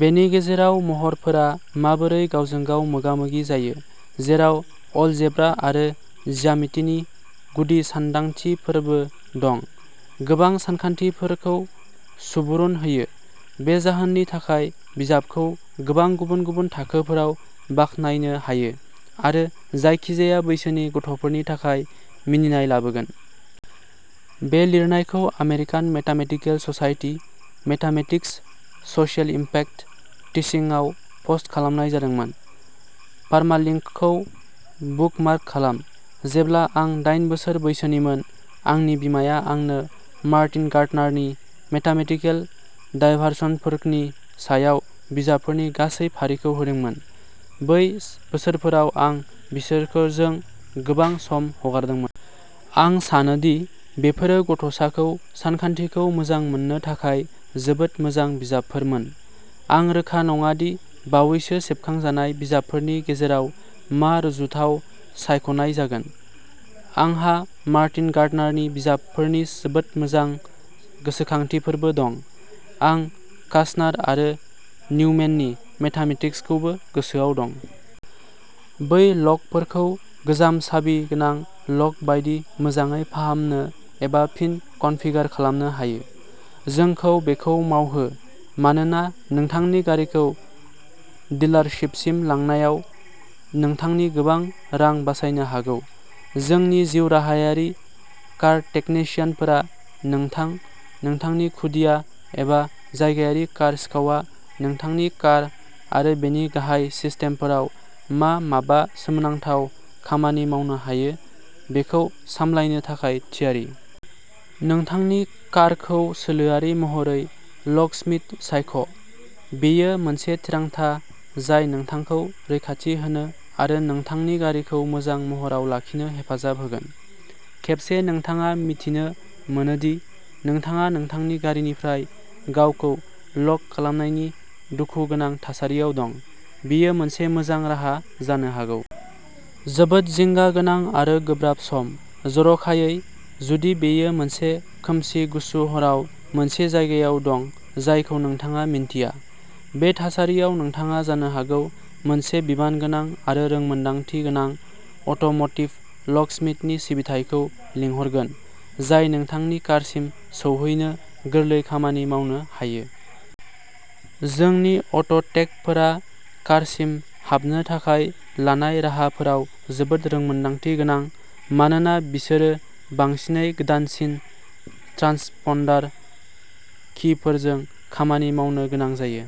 बेनि गेजेराव, महरफोरा माबोरै गावजों गाव मोगामोगि जायो, जेराव अलजेब्रा आरो ज्यामितिनि गुदि सानदांथिफोरबो दं, गोबां सानखान्थिफोरखौ सुबुरुन होयो। बे जाहोननि थाखाय, बिजाबखौ गोबां गुबुन-गुबुन थाखोफोराव बाख्नायनो हायो, आरो जायखिजाया बैसोनि गथ'फोरनि थाखाय मिनिनाय लाबोगोन। बे लिरनायखौ American mathematical society, mathematics, social impact, टिचिंआव पस्ट खालामनाय जादोंमोन। पारमालिंकखौ बुकमार्क खालाम। जेब्ला आं दाइन बोसोर बैसोनिमोन, आंनि बिमाया आंनो मार्टिन गार्डनारनि मेथेमेटिकेल डायभारसनफोरनि सायाव बिजाबफोरनि गासै फारिखौ होदोंमोन। बै बोसोरफोराव आं बिसोरजों गोबां सम हगारदोंमोन। आं सानो दि बेफोरो गथ'साखौ सानखान्थिखौ मोजां मोननो थाखाय जोबोद मोजां बिजाबफोरमोन। आं रोखा नङा दि बावैसो सेबखांजानाय बिजाबफोरनि गेजेराव मा रुजुथाव सायख'नाय जागोन। आंहा मार्टिन गार्डनारनि बिजाबफोरनि जोबोद मोजां गोसोखांथिफोरबो दं। आं कासनार आरो निउमेननि "मेथेमेटिक्स" खौबो गोसोआव दं। बै ल'कफोरखौ गोजाम चाबि गोनां ल'क बायदि मोजाङै फाहामनो एबा फिन कनफिगार खालामनो हायो। जोंखौ बेखौ मावहो, मानोना नोंथांनि गारिखौ डिलारशिपसिम लांनायाव नोंथांनि गोबां रां बासायनो हागौ। जोंनि जिउराहायारि कार टेकनिशियानफोरा नोंथां, नोंथांनि खुदिया एबा जायगायारि कार सिखावआ नोंथांनि कार आरो बेनि गाहाय सिस्टेमफोराव मा माबा सोमोनांथाव खामानि मावनो हायो, बेखौ सामलायनो थाखाय थियारि। नोंथांनि कारखौ सोलोआरि महरै ल'कस्मिथ सायख'। बेयो मोनसे थिरांथा जाय नोंथांखौ रैखाथि होनो आरो नोंथांनि गारिखौ मोजां महराव लाखिनो हेफाजाब होगोन। खेबसे नोंथाङा मिथिनो मोनो दि नोंथाङा नोंथांनि गारिनिफ्राय गावखौ ल'क खालामनायनि दुखुगोनां थासारियाव दं, बेयो मोनसे मोजां राहा जानो हागौ। जोबोद जिंगा गोनां आरो गोब्राब सम। जर'खायै जुदि बेयो मोनसे खोमसि गुसु हराव मोनसे जायगायाव दं जायखौ नोंथाङा मिन्थिया। बे थासारियाव, नोंथाङा जानो हागौ मोनसे बिबानगोनां आरो रोंमोन्दांथि गोनां अट'म'टिभ लकस्मिथनि सिबिथाइखौ लिंहरगोन, जाय नोंथांनि कारसिम सौहैनो गोरलै खामानि मावनो हायो। जोंनि अट'टेकफोरा कारसिम हाबनो थाखाय लानाय राहाफोराव जोबोद रोंमोन्दांथि गोनां मानोना बिसोरो बांसिनै गोदानसिन ट्रान्सपन्डार किफोरजों खामानि मावनो गोनां जायो।